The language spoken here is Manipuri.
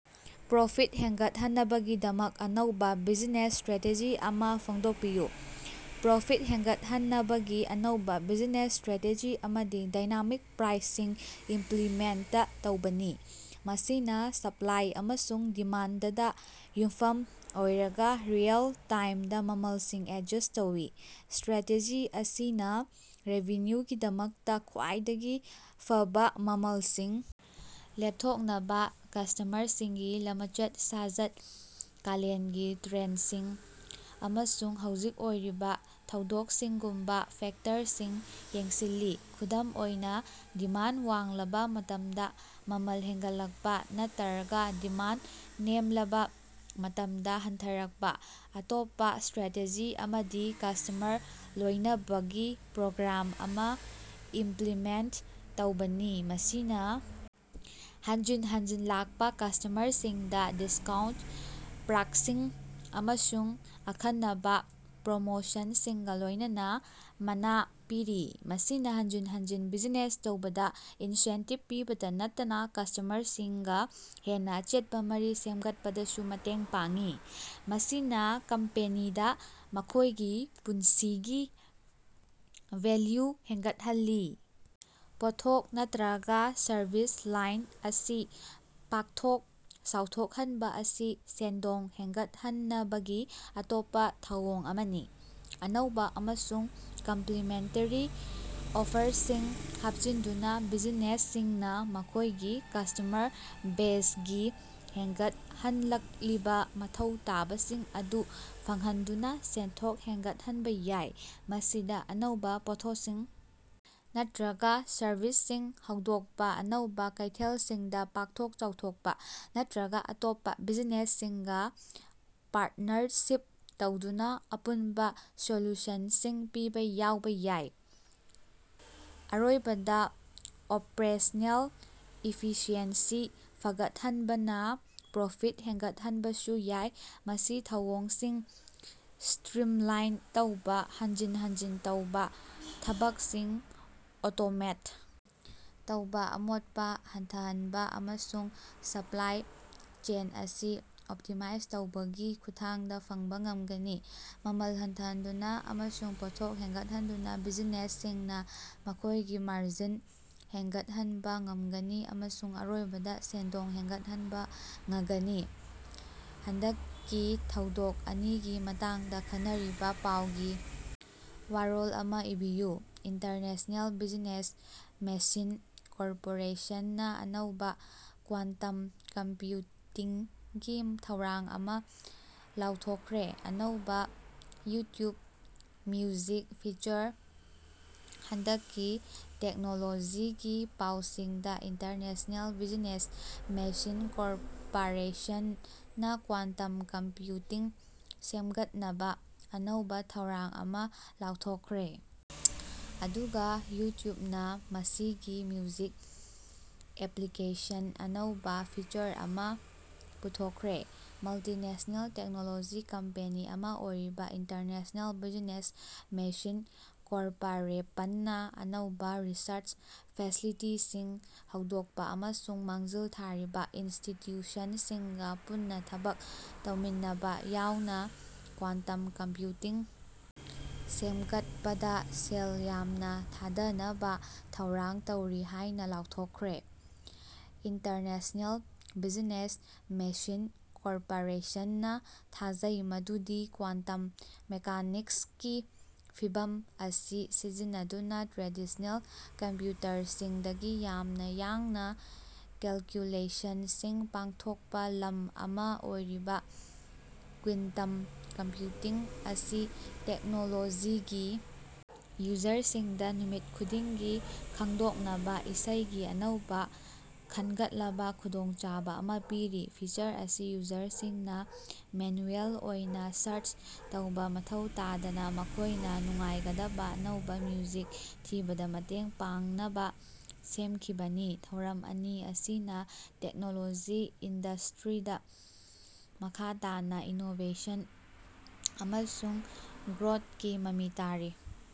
ꯄ꯭ꯔꯣꯐꯤꯠ ꯍꯦꯟꯒꯠꯍꯟꯅꯕꯒꯤꯗꯃꯛ ꯑꯅꯧꯕ ꯕꯤꯖꯤꯅꯦꯁ ꯁ꯭ꯇꯔꯦꯇꯦꯖꯤ ꯑꯃ ꯐꯣꯡꯗꯣꯛꯄꯤꯌꯨ꯫ ꯄ꯭ꯔꯣꯐꯤꯠ ꯍꯦꯟꯒꯠꯍꯟꯅꯕꯒꯤ ꯑꯅꯧꯕ ꯕꯤꯖꯤꯅꯦꯁ ꯁ꯭ꯇꯔꯦꯇꯦꯖꯤ ꯑꯃꯗꯤ ꯗꯥꯏꯅꯥꯃꯤꯛ ꯄ꯭ꯔꯥꯏꯁꯤꯡ ꯏꯝꯄ꯭ꯂꯤꯃꯦꯟꯇ ꯇꯧꯕꯅꯤ, ꯃꯁꯤꯅ ꯁꯞꯂꯥꯏ ꯑꯃꯁꯨꯡ ꯗꯤꯃꯥꯟꯗꯗꯥ ꯌꯨꯝꯐꯝ ꯑꯣꯏꯔꯒ ꯔꯤꯑꯦꯜ-ꯇꯥꯏꯝꯗꯥ ꯃꯃꯜꯁꯤꯡ ꯑꯦꯗꯖꯁ꯭ꯠ ꯇꯧꯏ꯫ ꯁ꯭ꯇꯔꯥꯇꯦꯖꯤ ꯑꯁꯤꯅ ꯔꯦꯚꯤꯅ꯭ꯌꯨꯒꯤꯗꯃꯛꯇ ꯈ꯭ꯋꯥꯏꯗꯒꯤ ꯐꯕꯥ ꯃꯃꯜꯁꯤꯡ ꯂꯦꯞꯊꯣꯛꯅꯕꯥ ꯀꯁ꯭ꯇꯃꯔꯁꯤꯡꯒꯤ ꯂꯃꯆꯠ-ꯁꯥꯖꯠ, ꯀꯥꯂꯦꯟꯒꯤ ꯇ꯭ꯔꯦꯟꯗꯁꯤꯡ, ꯑꯃꯁꯨꯡ ꯍꯧꯖꯤꯛ ꯑꯣꯏꯔꯤꯕ ꯊꯧꯗꯣꯛꯁꯤꯡꯒꯨꯝꯕ ꯐꯦꯛꯇꯔꯁꯤꯡ ꯌꯦꯡꯁꯤꯜꯂꯤ꯫ ꯈꯨꯗꯝ ꯑꯣꯏꯅ, ꯗꯤꯃꯥꯟꯗ ꯋꯥꯡꯂꯕ ꯃꯇꯝꯗ ꯃꯃꯜ ꯍꯦꯟꯒꯠꯂꯛꯄ ꯅꯠꯇꯔꯒ ꯗꯤꯃꯥꯟꯗ ꯅꯦꯝꯂꯕꯥ ꯃꯇꯝꯗ ꯍꯟꯊꯔꯛꯄ꯫ ꯑꯇꯣꯞꯄꯥ ꯁ꯭ꯇꯔꯦꯇꯦꯖꯤ ꯑꯃꯗꯤ ꯀꯁ꯭ꯇꯃꯔ ꯂꯣꯏꯅꯕꯒꯤ ꯄ꯭ꯔꯣꯒ꯭ꯔꯥꯝ ꯑꯃ ꯏꯝꯄ꯭ꯂꯤꯃꯦꯟꯇ ꯇꯧꯕꯅꯤ, ꯃꯁꯤꯅ ꯍꯟꯖꯤꯟ ꯍꯟꯖꯤꯟ ꯂꯥꯛꯄ ꯀꯁ꯭ꯇꯃꯔꯁꯤꯡꯗ‌ ꯗꯤꯁꯀꯥꯎꯟꯇ, ꯄꯥ꯭ꯔꯛꯁꯤꯡ ꯑꯃꯁꯨꯡ ꯑꯈꯟꯅꯕꯥ ꯄ꯭ꯔꯣꯃꯣꯁꯟꯁꯤꯡꯒ ꯂꯣꯏꯅꯅꯥ ꯃꯅꯥ ꯄꯤꯔꯤ꯫ ꯃꯁꯤꯅ‌ ꯍꯟꯖꯤꯟ ꯍꯟꯖꯤꯟ ꯕꯤꯖꯤꯅꯦꯁ ꯇꯧꯕꯗ ꯏꯟꯁꯦꯟꯇꯤꯕ ꯄꯤꯕꯇꯥ ꯅꯠꯇꯅꯥ ꯀꯁ꯭ꯇꯃꯔꯁꯤꯡꯒ ꯍꯦꯟꯅ ꯑꯆꯦꯠꯄ ꯃꯔꯤ ꯁꯦꯝꯒꯠꯄꯗꯁꯨ ꯃꯇꯦꯡ ꯄꯥꯡꯏ, ꯃꯁꯤꯅ ꯀꯝꯄꯦꯅꯤꯗ ꯃꯈꯣꯏꯒꯤ ꯄꯨꯟꯁꯤꯒꯤ ꯚꯦꯂ꯭ꯌꯨ ꯍꯦꯟꯒꯠꯍꯜꯂꯤ꯫ ꯄꯣꯠꯊꯣꯛ ꯅꯠꯇꯔꯒ ꯁꯔꯕꯤꯁ ꯂꯥꯏꯟ ꯑꯁꯤ ꯄꯥꯛꯊꯣꯛ ꯆꯥꯎꯊꯣꯛꯍꯟꯕ‌ ꯑꯁꯤ ꯁꯦꯟꯗꯣꯡ ꯍꯦꯟꯒꯠꯍꯟꯅꯕꯒꯤ ꯑꯇꯣꯞꯄ ꯊꯧꯑꯣꯡ ꯑꯃꯅꯤ꯫ ꯑꯅꯧꯕ ꯑꯃꯁꯨꯡ ꯀꯝꯄ꯭ꯂꯤꯃꯦꯟꯇꯦꯔꯤ ꯑꯣꯐꯔꯁꯤꯡ ꯍꯥꯞꯆꯤꯟꯗꯨꯅ ꯕꯤꯖꯤꯅꯦꯁꯁꯤꯡꯅ ꯃꯈꯣꯏꯒꯤ ꯀꯁ꯭ꯇꯃꯔ ꯕꯦꯖꯒꯤ ꯍꯦꯟꯒꯠꯍꯟꯂꯛꯂꯤꯕ ꯃꯊꯧ ꯇꯥꯕꯁꯤꯡ ꯑꯗꯨ ꯐꯪꯍꯟꯗꯨꯅ ꯁꯦꯟꯊꯣꯛ ꯍꯦꯟꯒꯠꯍꯟꯕ ꯌꯥꯏ꯫ ꯃꯁꯤꯗ ꯑꯅꯧꯕ ꯄꯣꯠꯊꯣꯁꯤꯡ ꯅꯠꯇꯔꯒ ꯁꯔꯕꯤꯁꯁꯤꯡ ꯍꯧꯗꯣꯛꯄ, ꯑꯅꯧꯕ ꯀꯩꯊꯦꯜꯁꯤꯡꯗ ꯄꯥꯛꯊꯣꯛ ꯆꯥꯎꯊꯣꯛꯄ, ꯅꯠꯇꯔꯒ ꯑꯇꯣꯞꯄ ꯕꯤꯖꯤꯅꯦꯁꯁꯤꯡꯒ ꯄꯥꯔꯇꯅꯔꯁꯤꯞ ꯇꯧꯗꯨꯅ ꯑꯄꯨꯟꯕ ꯁꯣꯂꯨꯁꯟꯁꯤꯡ ꯄꯤꯕ ꯌꯥꯎꯕ ꯌꯥꯏ꯫ ꯑꯔꯣꯏꯕꯗꯥ, ꯑꯣꯄ꯭ꯔꯦꯁꯅꯦꯜ ꯏꯐꯤꯁꯤꯑꯦꯟꯁꯤ ꯐꯒꯠꯍꯟꯕꯅꯥ ꯄ꯭ꯔꯣꯐꯤꯠ ꯍꯦꯟꯒꯠꯍꯟꯕꯁꯨ ꯌꯥꯏ꯫ ꯃꯁꯤ ꯊꯧꯑꯣꯡꯁꯤꯡ ꯁ꯭ꯇꯔꯤꯝꯂꯥꯏꯟ ꯇꯧꯕ, ꯍꯟꯖꯤꯟ ꯍꯟꯖꯤꯟ ꯇꯧꯕ ꯊꯕꯛꯁꯤꯡ ꯑꯣꯇꯣꯃꯦꯠ ꯇꯧꯕ, ꯑꯃꯣꯠꯄ ꯍꯟꯊꯍꯟꯕ, ꯑꯃꯁꯨꯡ ꯁꯄ꯭ꯂꯥꯏ ꯆꯦꯟ ꯑꯁꯤ ꯑꯣꯞꯇꯤꯃꯥꯏꯖ ꯇꯧꯕꯒꯤ ꯈꯨꯠꯊꯥꯡꯗ ꯐꯪꯕ ꯉꯝꯒꯅꯤ꯫ ꯃꯃꯜ ꯍꯟꯊꯍꯟꯗꯨꯅ ꯑꯃꯁꯨꯡ ꯄꯣꯠꯊꯣꯛ ꯍꯦꯟꯒꯠꯍꯟꯗꯨꯅ ꯕꯤꯖꯤꯅꯦꯁꯁꯤꯡꯅ ꯃꯈꯣꯏꯒꯤ ꯃꯥꯔꯖꯤꯟ ꯍꯦꯟꯒꯠꯍꯟꯕ ꯉꯝꯒꯅꯤ ꯑꯃꯁꯨꯡ ꯑꯔꯣꯏꯕꯗ ꯁꯦꯟꯗꯣꯡ ꯍꯦꯟꯒꯠꯍꯟꯕ ꯉꯒꯅꯤ꯫ ꯍꯟꯗꯛꯀꯤ ꯊꯧꯗꯣꯛ ꯑꯅꯤꯒꯤ ꯃꯇꯥꯡꯗ ꯈꯟꯅꯔꯤꯕ‌ ꯄꯥꯎꯒꯤ ꯋꯥꯔꯣꯜ ꯑꯃ ꯏꯕꯤꯌꯨ꯫ ꯏꯟꯇꯔꯅꯦꯁꯅꯦꯜ ꯕꯤꯖꯤꯅꯦꯁ ꯃꯦꯁꯤꯟ ꯀꯣꯔꯄꯣꯔꯦꯁꯟ ꯅꯥ ꯑꯅꯧꯕ‌ ꯀ꯭ꯋꯥꯟꯇꯝ ꯀꯝꯄ꯭ꯌꯨꯇꯤꯡꯒꯤ ꯊꯧꯔꯥꯡ ꯑꯃ ꯂꯥꯎꯊꯣꯛꯈ꯭ꯔꯦ ꯑꯅꯧꯕ ꯌꯨꯇ꯭ꯌꯨꯕ ꯃꯤꯎꯖꯤꯛ ꯐꯤꯆꯔ꯫ ꯍꯟꯗꯛꯀꯤ ꯇꯦꯛꯅꯣꯂꯣꯖꯤꯒꯤ ꯄꯥꯎꯁꯤꯡꯗ ꯏꯟꯇꯔꯅꯦꯁꯅꯦꯜ ꯕꯤꯖꯤꯅꯦꯁ ꯃꯦꯁꯤꯟ ꯀꯣꯔꯄꯥꯔꯦꯁꯟ ꯅꯥ ꯀ꯭ꯋꯥꯟꯇꯝ ꯀꯝꯄ꯭ꯌꯨꯇꯤꯡ ꯁꯦꯝꯒꯠꯅꯕꯥ ꯑꯅꯧꯕ ꯊꯧꯔꯥꯡ ꯑꯃ ꯂꯥꯎꯊꯣꯛꯈ꯭ꯔꯦ, ꯑꯗꯨꯒ ꯌꯨꯇ꯭ꯌꯨꯕ ꯅꯥ ꯃꯁꯤꯒꯤ ꯃ꯭ꯌꯨꯖꯤꯛ ꯑꯦꯄ꯭ꯂꯤꯀꯦꯁꯟꯗ ꯑꯅꯧꯕ ꯐꯤꯆꯔ ꯑꯃ ꯄꯨꯊꯣꯛꯈ꯭ꯔꯦ꯫ ꯃꯜꯇꯤꯅꯦꯁ꯭ꯅꯦꯜ ꯇꯦꯛꯅꯣꯂꯣꯖꯤ ꯀꯝꯄꯦꯅꯤ ꯑꯃ ꯑꯣꯏꯔꯤꯕ ꯏꯟꯇꯔꯅꯦꯁꯅꯦꯜ ꯕꯤꯖꯤꯅꯦꯁ ꯃꯦꯁꯤꯟ ꯀꯣꯔꯄꯥꯔꯦꯄꯟꯅꯥ ꯑꯅꯧꯕ ꯔꯤꯁꯔꯆ ꯐꯦꯁꯤꯂꯤꯇꯤꯁꯤꯡ ꯍꯧꯗꯣꯛꯄ ꯑꯃꯁꯨꯡ ꯃꯥꯡꯖꯤꯜ ꯊꯥꯔꯤꯕ ꯏꯟꯁꯇꯤꯇ꯭ꯌꯨꯁꯟꯁꯤꯡꯒ ꯄꯨꯟꯅ ꯊꯕꯛ ꯇꯧꯃꯤꯟꯅꯕꯥ ꯌꯥꯎꯅ ꯀ꯭ꯋꯥꯟꯇꯝ ꯀꯝꯄ꯭ꯌꯨꯇꯤꯡ ꯁꯦꯝꯒꯠꯄꯗꯥ ꯁꯦꯜ ꯌꯥꯝꯅ ꯊꯥꯗꯅꯕꯥ ꯊꯧꯔꯥꯡ ꯇꯧꯔꯤ ꯍꯥꯏꯅ ꯂꯥꯎꯊꯣꯛꯈ꯭ꯔꯦ꯫ ꯏꯟꯇꯔꯅꯦꯁꯅꯦꯜ ꯕꯤꯖꯤꯅꯦꯁ ꯃꯦꯁꯤꯟ ꯀꯣꯔꯄꯥꯔꯦꯁꯟ ꯅꯥ ꯊꯥꯖꯩ ꯃꯗꯨꯗꯤ ꯀ꯭ꯋꯥꯟꯇꯝ ꯃꯦꯀꯥꯅꯤꯛꯁꯀꯤ ꯐꯤꯚꯝ ꯑꯁꯤ ꯁꯤꯖꯤꯟꯅꯗꯨꯅ ꯇ꯭ꯔꯦꯗꯤꯁ꯭ꯅꯦꯜ ꯀꯝꯄ꯭ꯌꯨꯇꯔꯁꯤꯡꯗꯒꯤ ꯌꯥꯝꯅ ꯌꯥꯡꯅ ꯀꯦꯜꯀꯨꯂꯦꯁꯟꯁꯤꯡ ꯄꯥꯡꯊꯣꯛꯄ ꯂꯝ ꯑꯃ ꯑꯣꯏꯔꯤꯕ ꯀ꯭ꯋꯤꯟꯇꯝ ꯀꯝꯄ꯭ꯌꯨꯇꯤꯡ ꯑꯁꯤ ꯇꯦꯛꯅꯣꯂꯣꯖꯤꯒꯤ ꯌꯨꯖꯔꯁꯤꯡꯗ ꯅꯨꯃꯤꯠ ꯈꯨꯗꯤꯡꯒꯤ ꯈꯪꯗꯣꯛꯅꯕ ꯏꯁꯩꯒꯤ ꯑꯅꯧꯕ ꯈꯟꯒꯠꯂꯕ‌ ꯈꯨꯗꯣꯡꯆꯥꯕ ꯑꯃ ꯄꯤꯔꯤ꯫ ꯐꯤꯆꯔ ꯑꯁꯤ ꯌꯨꯖꯔꯁꯤꯡꯅ ꯃꯦꯅꯨꯑꯦꯜ ꯑꯣꯏꯅ ꯁꯥꯔꯆ ꯇꯧꯕ ꯃꯊꯧ ꯇꯥꯗꯅ ꯃꯈꯣꯏꯅ ꯅꯨꯡꯉꯥꯏꯒꯗꯕ ꯑꯅꯧꯕ ꯃ꯭ꯌꯨꯖꯤꯛ ꯊꯤꯕꯗꯥ ꯃꯇꯦꯡ ꯄꯥꯡꯅꯕꯥ ꯁꯦꯝꯈꯤꯕꯅꯤ꯫ ꯊꯧꯔꯝ ꯑꯅꯤ ꯑꯁꯤꯅ ꯇꯦꯛꯅꯣꯂꯣꯖꯤ ꯏꯟꯗ꯭ꯁꯇꯔꯤꯗ ꯃꯈꯥ ꯇꯥꯅ ꯏꯅꯣꯕꯦꯁꯟ ꯑꯃꯁꯨꯡ ꯒ꯭ꯔꯣꯊꯀꯤ ꯃꯃꯤ ꯇꯥꯔꯤ꯫